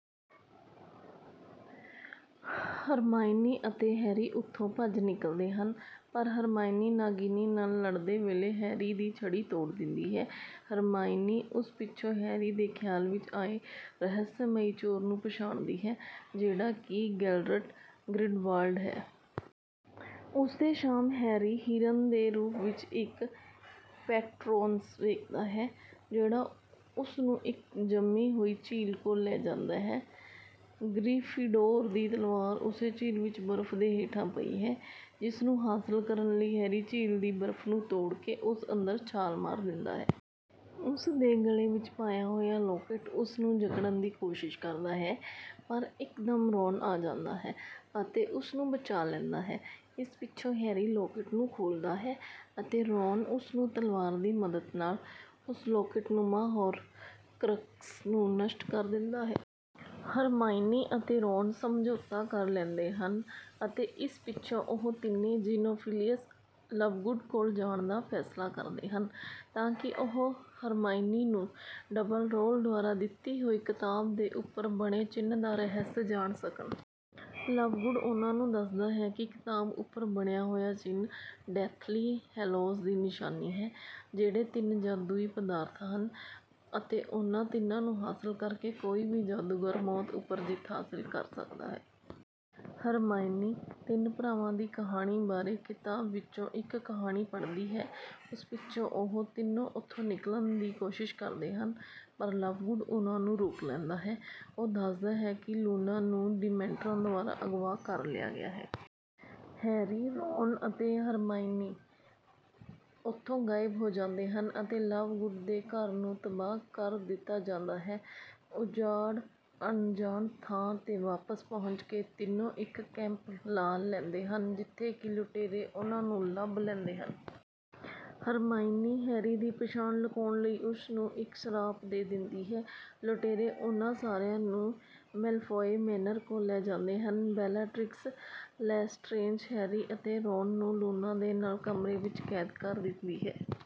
Hermione ਅਤੇ Harry ਉੱਥੋਂ ਭੱਜ ਨਿਕਲਦੇ ਹਨ, ਪਰ ਹਰਮਾਈਨੀ ਨਾਗਿਨੀ ਨਾਲ ਲੜਦੇ ਵੇਲੇ ਹੈਰੀ ਦੀ ਛੜੀ ਤੋੜ ਦਿੰਦੀ ਹੈ। ਹਰਮਾਈਨੀ ਉਸ ਪਿੱਛੋਂ ਹੈਰੀ ਦੇ ਖ਼ਿਆਲ ਵਿੱਚ ਆਏ ਰਹੱਸਮਈ ਚੋਰ ਨੂੰ ਪਛਾਣਦੀ ਹੈ, ਜਿਹੜਾ ਕਿ ਗੈਲਰਟ ਗ੍ਰਿੰਡਲਵਾਲਡ ਹੈ। ਉਸੇ ਸ਼ਾਮ ਹੈਰੀ ਹਿਰਨ ਦੇ ਰੂਪ ਵਿੱਚ ਇੱਕ ਪੈਟਰੋਨਸ ਵੇਖਦਾ ਹੈ, ਜਿਹੜਾ ਉਸ ਨੂੰ ਇੱਕ ਜੰਮੀ ਹੋਈ ਝੀਲ ਕੋਲ ਲੈ ਜਾਂਦਾ ਹੈ। ਗ੍ਰੀਫ਼ਿੰਡੋਰ ਦੀ ਤਲਵਾਰ ਉਸੇ ਝੀਲ ਵਿੱਚ ਬਰਫ਼ ਦੇ ਹੇਠਾਂ ਪਈ ਹੈ, ਜਿਸ ਨੂੰ ਹਾਸਲ ਕਰਨ ਲਈ ਹੈਰੀ ਝੀਲ ਦੀ ਬਰਫ਼ ਨੂੰ ਤੋੜ ਕੇ ਉਸ ਅੰਦਰ ਛਾਲ ਮਾਰ ਦਿੰਦਾ ਹੈ। ਉਸ ਦੇ ਗਲੇ ਵਿੱਚ ਪਾਇਆ ਹੋਇਆ ਲੌਕੇਟ ਉਸ ਨੂੰ ਜਕੜਨ ਦੀ ਕੋਸ਼ਿਸ਼ ਕਰਦਾ ਹੈ, ਪਰ ਇੱਕਦਮ ਰੌਨ ਆ ਜਾਂਦਾ ਹੈ ਅਤੇ ਉਸ ਨੂੰ ਬਚਾ ਲੈਂਦਾ ਹੈ। ਇਸ ਪਿੱਛੋਂ ਹੈਰੀ ਲੌਕੇਟ ਨੂੰ ਖੋਲ੍ਹਦਾ ਹੈ ਅਤੇ ਰੌਨ ਉਸ ਨੂੰ ਤਲਵਾਰ ਦੀ ਮਦਦ ਨਾਲ ਉਸ ਲੌਕੇਟਨੁਮਾ ਹੌਰਕ੍ਰਕਸ ਨੂੰ ਨਸ਼ਟ ਕਰ ਦਿੰਦਾ ਹੈ। ਹਰਮਾਈਨੀ ਅਤੇ ਰੌਨ ਸਮਝੌਤਾ ਕਰ ਲੈਂਦੇ ਹਨ ਅਤੇ ਇਸ ਪਿੱਛੋਂ ਉਹ ਤਿੰਨੇ ਜ਼ੀਨੋਫ਼ਿਲਿਅਸ ਲਵਗੁਡ ਕੋਲ ਜਾਣ ਦਾ ਫ਼ੈਸਲਾ ਕਰਦੇ ਹਨ, ਤਾਂ ਕਿ ਉਹ ਹਰਮਾਈਨੀ ਨੂੰ ਡੰਬਲਡੋਰ ਦੁਆਰਾ ਦਿੱਤੀ ਹੋਈ ਕਿਤਾਬ ਦੇ ਉੱਪਰ ਬਣੇ ਚਿੰਨ੍ਹ ਦਾ ਰਹੱਸ ਜਾਣ ਸਕਣ। ਲਵਗੁਡ ਉਹਨਾਂ ਨੂੰ ਦੱਸਦਾ ਹੈ ਕਿ ਕਿਤਾਬ ਉੱਪਰ ਬਣਿਆ ਹੋਇਆ ਚਿੰਨ੍ਹ ਡੈਥਲੀ ਹੈਲੋਜ਼ ਦੀ ਨਿਸ਼ਾਨੀ ਹੈ, ਜਿਹੜੇ ਕਿ ਤਿੰਨ ਜਾਦੂਈ ਪਦਾਰਥ ਹਨ ਅਤੇ ਉਹਨਾਂ ਤਿੰਨਾਂ ਨੂੰ ਹਾਸਲ ਕਰਕੇ ਕੋਈ ਵੀ ਜਾਦੂਗਰ ਮੌਤ ਉੱਪਰ ਜਿੱਤ ਹਾਸਲ ਕਰ ਸਕਦਾ ਹੈ। ਹਰਮਾਈਨੀ ‘ਤਿੰਨ ਭਰਾਵਾਂ ਦੀ ਕਹਾਣੀ’ ਬਾਰੇ ਕਿਤਾਬ ਵਿੱਚੋਂ ਇੱਕ ਕਹਾਣੀ ਪੜ੍ਹਦੀ ਹੈ। ਉਸ ਪਿੱਛੋਂ ਉਹ ਤਿੰਨੋਂ ਉੱਥੋਂ ਨਿਕਲਣ ਦੀ ਕੋਸ਼ਿਸ਼ ਕਰਦੇ ਹਨ, ਪਰ ਲਵਗੁਡ ਉਹਨਾਂ ਨੂੰ ਰੋਕ ਲੈਂਦਾ ਹੈ। ਉਹ ਦੱਸਦਾ ਹੈ ਕਿ ਲੂਨਾ ਨੂੰ ਡਿਮੈਂਟਰਾਂ ਦੁਆਰਾ ਅਗਵਾ ਕਰ ਲਿਆ ਗਿਆ ਹੈ। ਹੈਰੀ, ਰੌਨ ਅਤੇ ਹਰਮਾਈਨੀ ਉੱਥੋਂ ਗਾਇਬ ਹੋ ਜਾਂਦੇ ਹਨ ਅਤੇ ਲਵਗੁਡ ਦੇ ਘਰ ਨੂੰ ਤਬਾਹ ਕਰ ਦਿੱਤਾ ਜਾਂਦਾ ਹੈ। ਉਜਾੜ ਅਣਜਾਣ ਥਾਂ ’ਤੇ ਵਾਪਸ ਪਹੁੰਚ ਕੇ, ਤਿੰਨੋਂ ਇੱਕ ਕੈਂਪ ਲਾ ਲੈਂਦੇ ਹਨ, ਜਿੱਥੇ ਕਿ ਲੁਟੇਰੇ ਉਹਨਾਂ ਨੂੰ ਲੱਭ ਲੈਂਦੇ ਹਨ। ਹਰਮਾਈਨੀ ਹੈਰੀ ਦੀ ਪਛਾਣ ਲੁਕਾਉਣ ਲਈ ਉਸ ਨੂੰ ਇੱਕ ਸਰਾਪ ਦੇ ਦਿੰਦੀ ਹੈ। ਲੁਟੇਰੇ ਉਹਨਾਂ ਸਾਰਿਆਂ ਨੂੰ ਮੈਲਫ਼ੌਏ ਮੇਨਰ ਕੋਲ ਲੈ ਜਾਂਦੇ ਹਨ। ਬੈਲਾਟ੍ਰਿਕਸ ਲੈਸਟਰੇਂਜ ਹੈਰੀ ਅਤੇ ਰੌਨ ਨੂੰ ਲੂਨਾ ਦੇ ਨਾਲ ਇੱਕ ਕਮਰੇ ਵਿੱਚ ਕੈਦ ਕਰ ਦਿੰਦੀ ਹੈ।